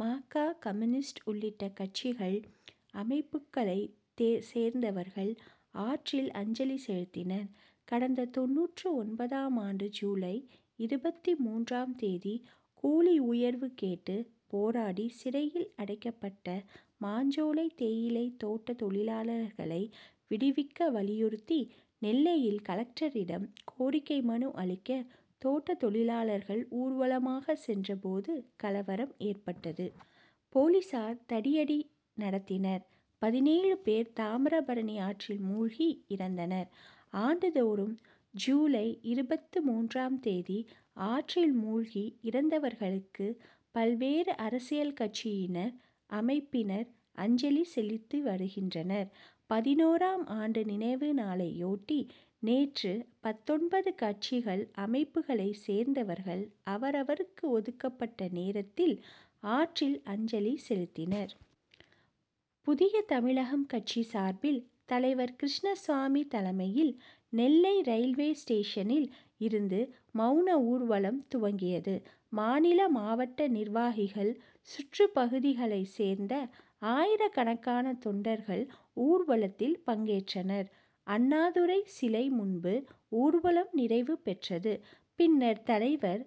ம. க. கம்யூ. உள்ளிட்ட கட்சிகள், அமைப்புக்களை சேர்ந்தவர்கள் ஆற்றில் அஞ்சலி செலுத்தினர். கடந்த தொண்ணூற்று ஒன்பதாம் ஆண்டு ஜூலை இருபத்து மூன்றாம் தேதி கூலிஉயர்வு கேட்டு போராடி சிறையில் அடைக்கப்பட்ட மாஞ்சோலை தேயிலை தோட்ட தொழிலாளர்களை விடுவிக்க வலியுறுத்தி நெல்லையில் கலெக்டரிடம் கோரிக்கை மனு அளிக்க தோட்ட தொழிலாளர்கள் ஊர்வலமாக சென்ற போது கலவரம் ஏற்பட்டது. போலீசார் தடியடி நடத்தினர். பதினேழு பேர் தாமிரபரணி ஆற்றில் மூழ்கி இறந்தனர். ஆண்டுதோறும் ஜூலை இருபத்து மூன்றாம் தேதி ஆற்றில் மூழ்கி இறந்தவர்களுக்கு பல்வேறு அரசியல்கட்சியினர், அமைப்பினர் அஞ்சலி செலுத்திவருகின்றனர். பதினோராம் ஆண்டு நினைவுநாளையொட்டி நேற்று பத்தொன்பது கட்சிகள், அமைப்புக்களை சேர்ந்தவர்கள் அவரவர்க்கு ஒதுக்கப்பட்ட நேரத்தில் ஆற்றில் அஞ்சலி செலுத்தினர். புதிய தமிழகம் கட்சி சார்பில் தலைவர் கிருஷ்ணசாமி தலைமையில் நெல்லை ரயில்வே ஸ்டேஷனில் இருந்து மவுன ஊர்வலம் துவங்கியது. மாநில, மாவட்ட நிர்வாகிகள், சுற்றுப்பகுதிகளை சேர்ந்த ஆயிரக்கணக்கான தொண்டர்கள் ஊர்வலத்தில் பங்கேற்றனர். அண்ணாத்துரை சிலை முன்பு ஊர்வலம் நிறைவு பெற்றது. பின்னர் தலைவர்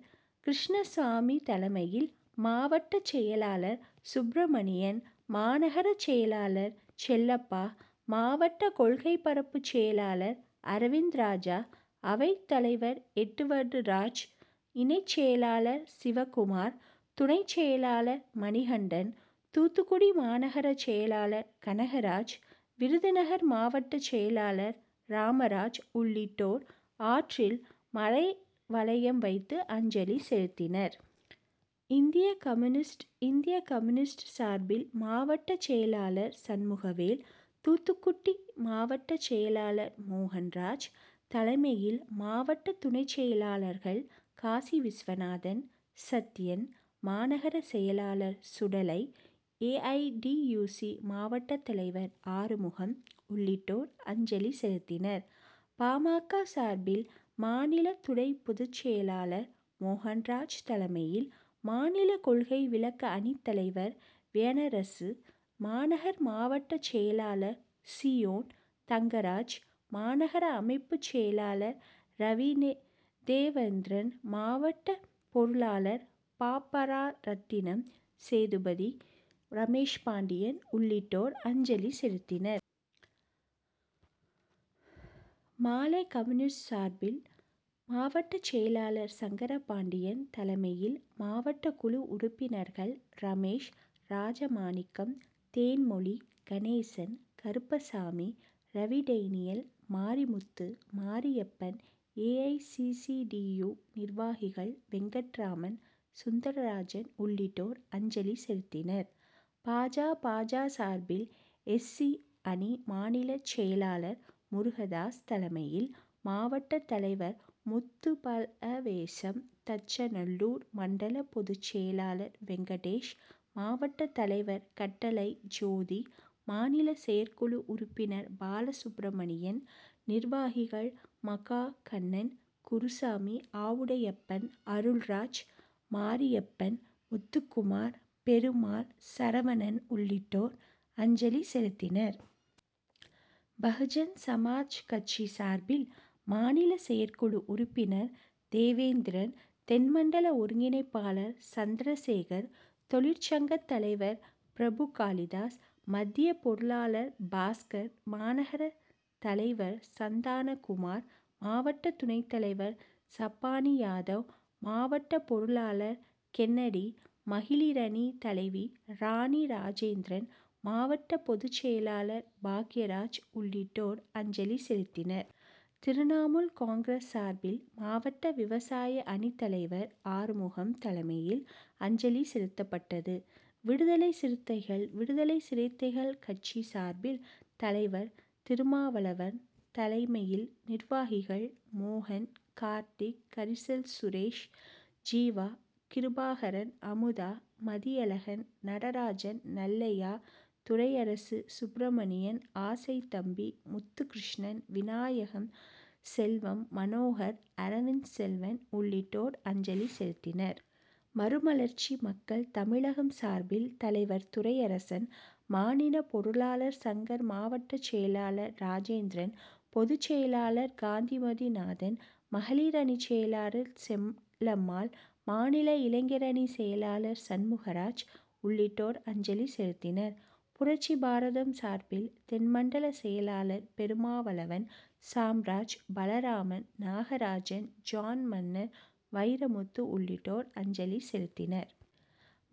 கிருஷ்ணசாமி தலைமையில் மாவட்டச்செயலாளர் சுப்பிரமணியன், மாநகர செயலாளர் செல்லப்பா, மாவட்ட கொள்கை பரப்புச்செயலாளர் அரவிந்தராஜா, அவைத்தலைவர் எட்வர்டுராஜ், இணைச்செயலாளர் சிவக்குமார், துணைச்செயலாளர் மணிகண்டன், தூத்துக்குடி மாநகர செயலாளர் கனகராஜ், விருதுநகர் மாவட்டச்செயலாளர் ராமராஜ் உள்ளிட்டோர் ஆற்றில் மலர்வளையம் வைத்து அஞ்சலி செலுத்தினர். இந்திய கம்யூ. இந்திய கம்யூ. சார்பில் மாவட்டச்செயலாளர் சண்முகவேல், தூத்துக்குடி மாவட்டச்செயலாளர் மோகன்ராஜ் தலைமையில் மாவட்ட துணைச்செயலாளர்கள் காசிவிஸ்வநாதன், சத்யன், மாநகர செயலாளர் சுடலை, ஏஐடியுசி. மாவட்டத்தலைவர் ஆறுமுகம் உள்ளிட்டோர் அஞ்சலி செலுத்தினர். பா. ம. க. சார்பில் மாநில துணைப்பொதுச்செயலாளர் மோகன்ராஜ் தலைமையில் மாநில கொள்கை விளக்க அணித்தலைவர் வியனரசு, மாநகர் மாவட்டச்செயலாளர் சீயோன் தங்கராஜ், மாநகர அமைப்புச்செயலாளர் ரவிதேவேந்திரன், மாவட்ட பொருளாளர் பாப்பாரத்தினம், சேதுபதி, ரமேஷ்பாண்டியன் உள்ளிட்டோர் அஞ்சலி செலுத்தினர். மா. லெ. கம்யூ. சார்பில் மாவட்டச்செயலாளர் சங்கரபாண்டியன் தலைமையில் மாவட்டக்குழு உறுப்பினர்கள் ரமேஷ், ராஜமாணிக்கம், தேன்மொழி, கணேசன், கருப்பசாமி, ரவிடேனியல், மாரிமுத்து, மாரியப்பன், ஏஐசிசிடியு. நிர்வாகிகள் வெங்கட்ராமன், சுந்தர்ராஜன் உள்ளிட்டோர் அஞ்சலி செலுத்தினர். பா. ஜ. பா. ஜ. சார்பில் எஸ். சி. அணி மாநிலச்செயலாளர் முருகதாஸ் தலைமையில் மாவட்டத்தலைவர் முத்துபலவேசம், தச்சநல்லூர் மண்டல பொதுச்செயலாளர் வெங்கடேஷ், மாவட்டத்தலைவர் கட்டளை ஜோதி, மாநில செயற்குழு உறுப்பினர் பாலசுப்பிரமணியன், நிர்வாகிகள் மகா கண்ணன், குருசாமி, ஆவுடையப்பன், அருள்ராஜ், மாரியப்பன், முத்துக்குமார், பெருமாள், சரவணன் உள்ளிட்டோர் அஞ்சலி செலுத்தினர். பகுஜன்சமாஜ் கட்சி சார்பில் மாநில செயற்குழு உறுப்பினர் தேவேந்திரன், தென் மண்டல ஒருங்கிணைப்பாளர் சந்திரசேகர், தொழிற்சங்கத்தலைவர் பிரபுகாளிதாஸ், மத்திய பொருளாளர் பாஸ்கர், மாநகரத்தலைவர் சந்தானக்குமார், மாவட்ட துணைத்தலைவர் சப்பாணியாதவ், மாவட்ட பொருளாளர் கென்னடி, மகளிரணி தலைவி ராணி ராஜேந்திரன், மாவட்ட பொதுச்செயலாளர் பாக்கியராஜ் உள்ளிட்டோர் அஞ்சலி செலுத்தினர். திரிணாமூல் காங். சார்பில் மாவட்ட விவசாய அணித்தலைவர் ஆறுமுகம் தலைமையில் அஞ்சலி செலுத்தப்பட்டது. விடுதலை சிறுத்தைகள் விடுதலை சிறுத்தைகள் கட்சி சார்பில் தலைவர் திருமாவளவன் தலைமையில் நிர்வாகிகள் மோகன், கார்த்திக், கரிசல் சுரேஷ், ஜீவா, கிருபாகரன், அமுதா மதியழகன், நடராஜன், நல்லையா, துரையரசு, சுப்பிரமணியன், ஆசைத்தம்பி, முத்துக்கிருஷ்ணன், விநாயகம் செல்வம், மனோகர், அரவிந்த்செல்வன் உள்ளிட்டோர் அஞ்சலி செலுத்தினர். மறுமலர்ச்சி மக்கள் தமிழகம் சார்பில் தலைவர் துரையரசன், மாநில பொருளாளர் சங்கர், மாவட்டச்செயலாளர் ராஜேந்திரன், பொதுச்செயலாளர் காந்திமதிநாதன், மகளிர் அணிச்செயலாளர் செல்லம்மாள், மாநில இளைஞரணி செயலாளர் சண்முகராஜ் உள்ளிட்டோர் அஞ்சலி செலுத்தினர். புரட்சிபாரதம் சார்பில் தென் மண்டல செயலாளர் பெருமாவளவன், சாம்ராஜ், பலராமன், நாகராஜன், ஜான், மன்னார், வைரமுத்து உள்ளிட்டோர் அஞ்சலி செலுத்தினர்.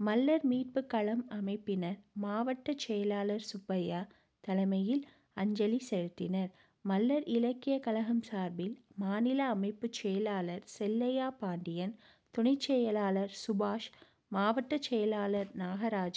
மள்ளர் மீட்புக்களம் அமைப்பினர் மாவட்டச்செயலாளர் சுப்பையா தலைமையில் அஞ்சலி செலுத்தினர். மள்ளர் இலக்கியக்கழகம் சார்பில் மாநில அமைப்புச்செயலாளர் செல்லையா பாண்டியன், துணைச்செயலாளர் சுபாஷ், மாவட்டச்செயலாளர் நாகராஜன்,